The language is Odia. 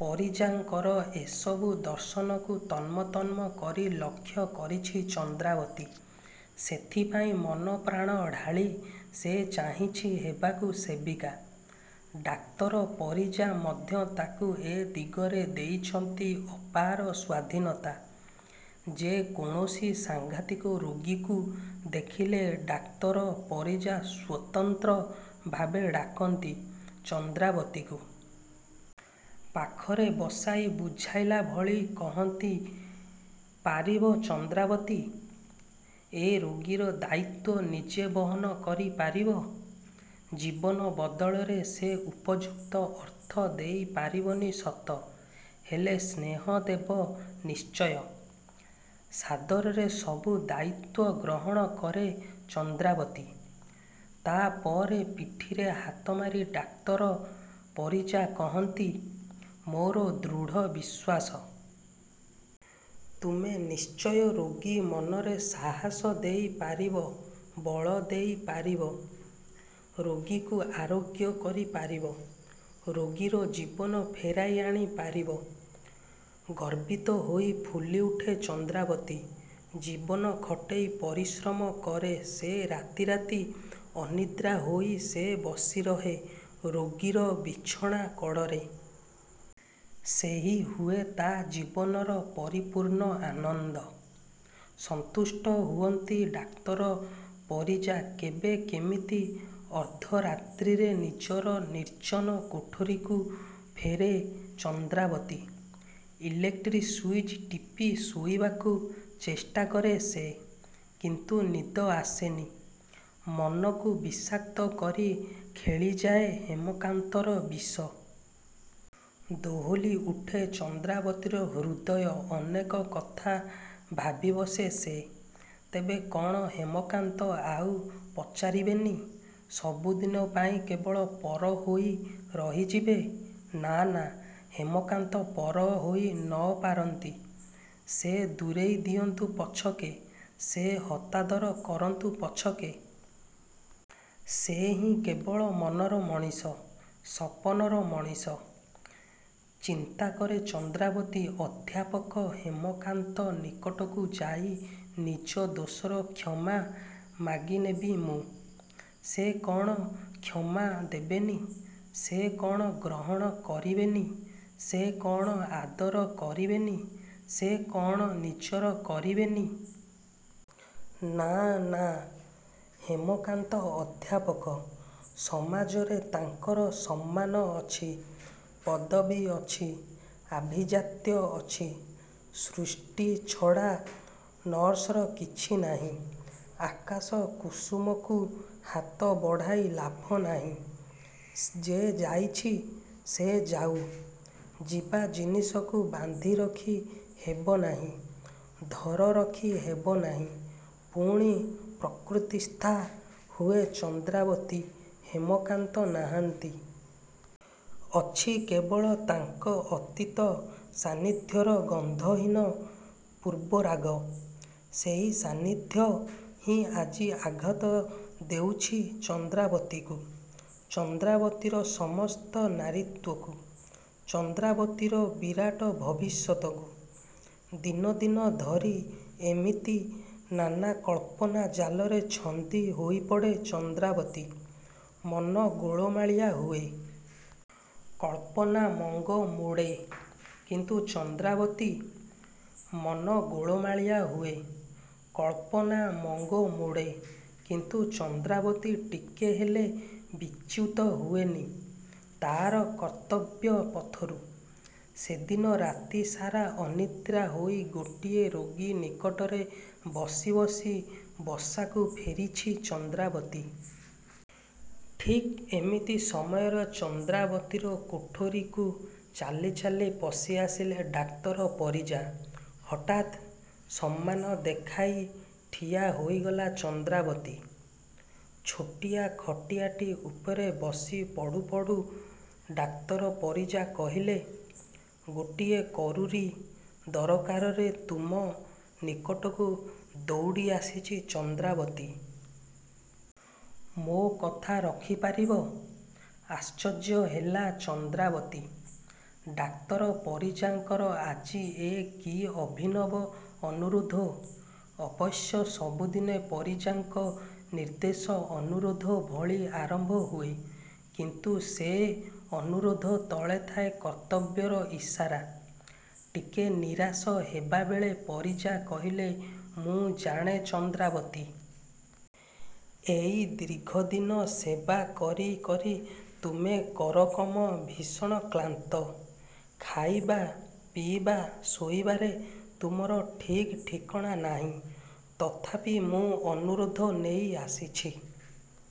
ପରିଜାଙ୍କର ଏସବୁ ଦର୍ଶନକୁ ତନ୍ମ ତନ୍ମ କରି ଲକ୍ଷ୍ୟ କରିଛି ଚନ୍ଦ୍ରାବତୀ। ସେଇଥିପାଇଁ ମନପ୍ରାଣ ଢାଳି ସେ ଚାହିଁଛି ହେବାକୁ ସେବିକା। ଡାକ୍ତର ପରିଜା ମଧ୍ୟ ତାକୁ ଏ ଦିଗରେ ଦେଇଛନ୍ତି ଅପାର ସ୍ୱାଧୀନତା। ଯେ କୌଣସି ସାଂଘାତିକ ରୋଗୀକୁ ଦେଖିଲେ ଡାକ୍ତର ପରିଜା ସ୍ୱତନ୍ତ୍ର ଭାବେ ଡ଼ାକନ୍ତି ଚନ୍ଦ୍ରାବତୀକୁ। ପାଖରେ ବସାଇ ବୁଝାଇଲା ଭଳି କହନ୍ତି-''ପାରିବ ଚନ୍ଦ୍ରାବତୀ! ଏ ରୋଗୀର ଦାୟିତ୍ୱ ନିଜେ ବହନ କରି ପାରିବ? ଜୀବନ ବଦଳରେ ସେ ଉପଯୁକ୍ତ ଅର୍ଥ ଦେଇ ପାରିବନି ସତ ହେଲେ ସ୍ନେହ ଦେବ ନିଶ୍ଚୟ। '' ସାଦରରେ ସବୁ ଦାୟିତ୍ୱ ଗ୍ରହଣ କରେ ଚନ୍ଦ୍ରାବତୀ। ତା'ପରେ ପିଠିରେ ହାତ ମାରି ଡାକ୍ତର ପରିଜା କହନ୍ତି-ମୋର ଦୃଢ଼ ବିଶ୍ୱାସ ତୁମେ ନିଶ୍ଚୟ ରୋଗୀ ମନରେ ସାହସ ଦେଇ ପାରିବ ବଳ ଦେଇ ପାରିବ ରୋଗୀକୁ ଆରୋଗ୍ୟ କରି ପାରିବ। ରୋଗୀର ଜୀବନ ଫେରାଇ ଆଣି ପାରିବ। ଗର୍ବୀତ ହୋଇ ଫୁଲିଉଠେ ଚନ୍ଦ୍ରାବତୀ ଜୀବନ ଖଟେଇ ପରିଶ୍ରମ କରେ ସେ ରାତି ରାତି ଅନିଦ୍ରା ହୋଇ ସେ ବସିରହେ ରୋଗୀର ବିଛଣା କଡ଼ରେ। ସେହି ହୁଏ ତା ଜୀବନର ପରିପୂର୍ଣ୍ଣ ଆନନ୍ଦ। ସନ୍ତୁଷ୍ଟ ହୁଅନ୍ତି ଡାକ୍ତର ପରିଜା କେବେ କେମିତି ଅର୍ଦ୍ଧରାତ୍ରିରେ ନିଜର ନିର୍ଜନ କୋଠରୀକୁ ଫେରେ ଚନ୍ଦ୍ରାବତୀ। ଇଲେକ୍ଟ୍ରି ସୁଇଚ୍ ଟିପି ଶୋଇବାକୁ ଚେଷ୍ଟାକରେ ସେ କିନ୍ତୁ ନିଦ ଆସେନି। ମନକୁ ବିଷାକ୍ତ କରି ଖେଳିଯାଏ ହେମକାନ୍ତର ବିଷ। ଦୋହଲି ଉଠେ ଚନ୍ଦ୍ରାବତୀର ହୃଦୟ ଅନେକ କଥା ଭାବିବସେ ସେ। ତେବେ କ'ଣ ହେମକାନ୍ତ ଆଉ ପଚାରିବେନି? ସବୁଦିନ ପାଇଁ କେବଳ ପର ହୋଇ ରହିଯିବେ? ନାଁ ନାଁ ହେମକାନ୍ତ ପର ହୋଇ ନ ପାରନ୍ତି ସେ ଦୂରେଇ ଦିଅନ୍ତୁ ପଛକେ ସେ ହତାଦର କରନ୍ତୁ ପଛକେ ସେହି ହିଁ କେବଳ ମନର ମଣିଷ ସପନର ମଣିଷ। ଚିନ୍ତାକରେ ଚନ୍ଦ୍ରାବତୀ ଅଧ୍ୟାପକ ହେମକାନ୍ତ ନିକଟକୁ ଯାଇ ନିଜ ଦୋଷର କ୍ଷମା ମାଗି ନେବି ମୁଁ। ସେ କ'ଣ କ୍ଷମା ଦେବେନି? ସେ କ'ଣ ଗ୍ରହଣ କରିବେନି? ସେ କ'ଣ ଆଦର କରିବେନି? ସେ କ'ଣ ନିଜର କରିବେନି? ନାଁ ନାଁ ହେମକାନ୍ତ ଅଧ୍ୟାପକ। ସମାଜରେ ତାଙ୍କର ସମ୍ମାନ ଅଛି। ପଦବୀ ଅଛି ଆଭିଜାତ୍ୟ ଅଛି-ସୃଷ୍ଟି ଛଡ଼ା ନର୍ସର କିଛି ନାହିଁ। ଆକାଶ କୁସୁମକୁ ହାତ ବଢ଼ାଇ ଲାଭନାହିଁ-। ଯେ ଯାଇଛି ସେ ଯାଉ। ଯିବା ଜିନିଷକୁ ବାନ୍ଧି ରଖି ହେବନାହିଁ ଧର ରଖି ହେବନାହିଁ- ପୁଣି ପ୍ରକୃତିସ୍ଥା ହୁଏ ଚନ୍ଦ୍ରାବତୀ ହେମକାନ୍ତ ନାହାନ୍ତି ଅଛି କେବଳ ତାଙ୍କ ଅତୀତ ସାନିଧ୍ୟର ଗନ୍ଧହୀନ ପୂର୍ବରାଗ। ସେହି ସାନିଧ୍ୟ ହିଁ ଆଜି ଆଘାତ ଦେଉଛି ଚନ୍ଦ୍ରାବତୀକୁ ଚନ୍ଦ୍ରାବତୀର ସମସ୍ତ ନାରୀତ୍ୱକୁ ଚନ୍ଦ୍ରାବତୀର ବିରାଟ ଭବିଷ୍ୟତକୁ। ଦିନ ଦିନ ଧରି ଏମିତି ନାନା କଳ୍ପନା ଜାଲରେ ଛନ୍ଦି ହୋଇପଡ଼େ ଚନ୍ଦ୍ରାବତୀ। ମନ ଗୋଳମାଳିଆ ହୁଏ। କଳ୍ପନା ମଙ୍ଗ ମୋଡ଼େ। କିନ୍ତୁ ଚନ୍ଦ୍ରାବତୀ। ମନ ଗୋଳମାଳିଆ ହୁଏ। କଳ୍ପନା ମଙ୍ଗ ମୋଡ଼େ। କିନ୍ତୁ ଚନ୍ଦ୍ରାବତୀ ଟିକେ ହେଲେ ବିଚ୍ୟୁତ ହୁଏନି ତା'ର କର୍ତ୍ତବ୍ୟ ପଥରୁ। ସେଦିନ ରାତି ସାରା ଅନିଦ୍ରା ହୋଇ ଗୋଟିଏ ରୋଗୀ ନିକଟରେ ବସି ବସି ବସାକୁ ଫେରିଛି ଚନ୍ଦ୍ରାବତୀ। ଠିକ୍ ଏମିତି ସମୟରେ ଚନ୍ଦ୍ରାବତୀର କୋଠରୀକୁ ଚାଲି ଚାଲି ପଶିଆସିଲେ ଡାକ୍ତର ପରିଜା। ହଠାତ୍ ସମ୍ମାନ ଦେଖାଇ ଠିଆ ହୋଇଗଲା ଚନ୍ଦ୍ରୀବତୀ-। ଛୋଟିଆ ଖଟିଆଟି ଉପରେ ବସି ପଡ଼ୁ ପଡ଼ୁ ଡାକ୍ତର ପରିଜା କହିଲେ ଗୋଟିଏ କରୁରୀ ଦରକାରରେ ତୁମ ନିକଟକୁ ଦୌଡ଼ି ଆସିଛି ଚନ୍ଦ୍ରାବତୀ। ମୋ କଥା ରଖି ପାରିବ? ଆଶ୍ଚର୍ଯ୍ୟ ହେଲା ଚନ୍ଦ୍ରାବତୀ! ଡାକ୍ତର ପରିଜାଙ୍କର ଆଜି ଏ କି ଅଭିନବ ଅନୁରୋଧ? ଅବଶ୍ୟ ସବୁଦିନ ପରିଜାଙ୍କ ନିର୍ଦେଶ ଅନୁରୋଧ ଭଳି ଆରମ୍ଭ ହୁଏ। କିନ୍ତୁ ସେ ଅନୁରୋଧ ତଳେ ଥାଏ କର୍ତ୍ତବ୍ୟର ଇସାରା। '' ଟିକେ ନିରାଶ ହେବାବେଳେ ପରିଜା କହିଲେ-''ମୁଁ ଜାଣେ ଚନ୍ଦ୍ରାବତୀ! ଏଇ ଦୀର୍ଘଦିନ ସେବା କରି କରି ତୁମେ କରକମ ଭୀଷଣ କ୍ଳାନ୍ତ। ଖାଇବା, ପିଇବା, ଶୋଇବାରେ ତୁମର ଠିକ୍ ଠିକଣା ନାହିଁ। ତଥାପି ମୁଁ ଅନୁରୋଧ ନେଇ ଆସିଛି।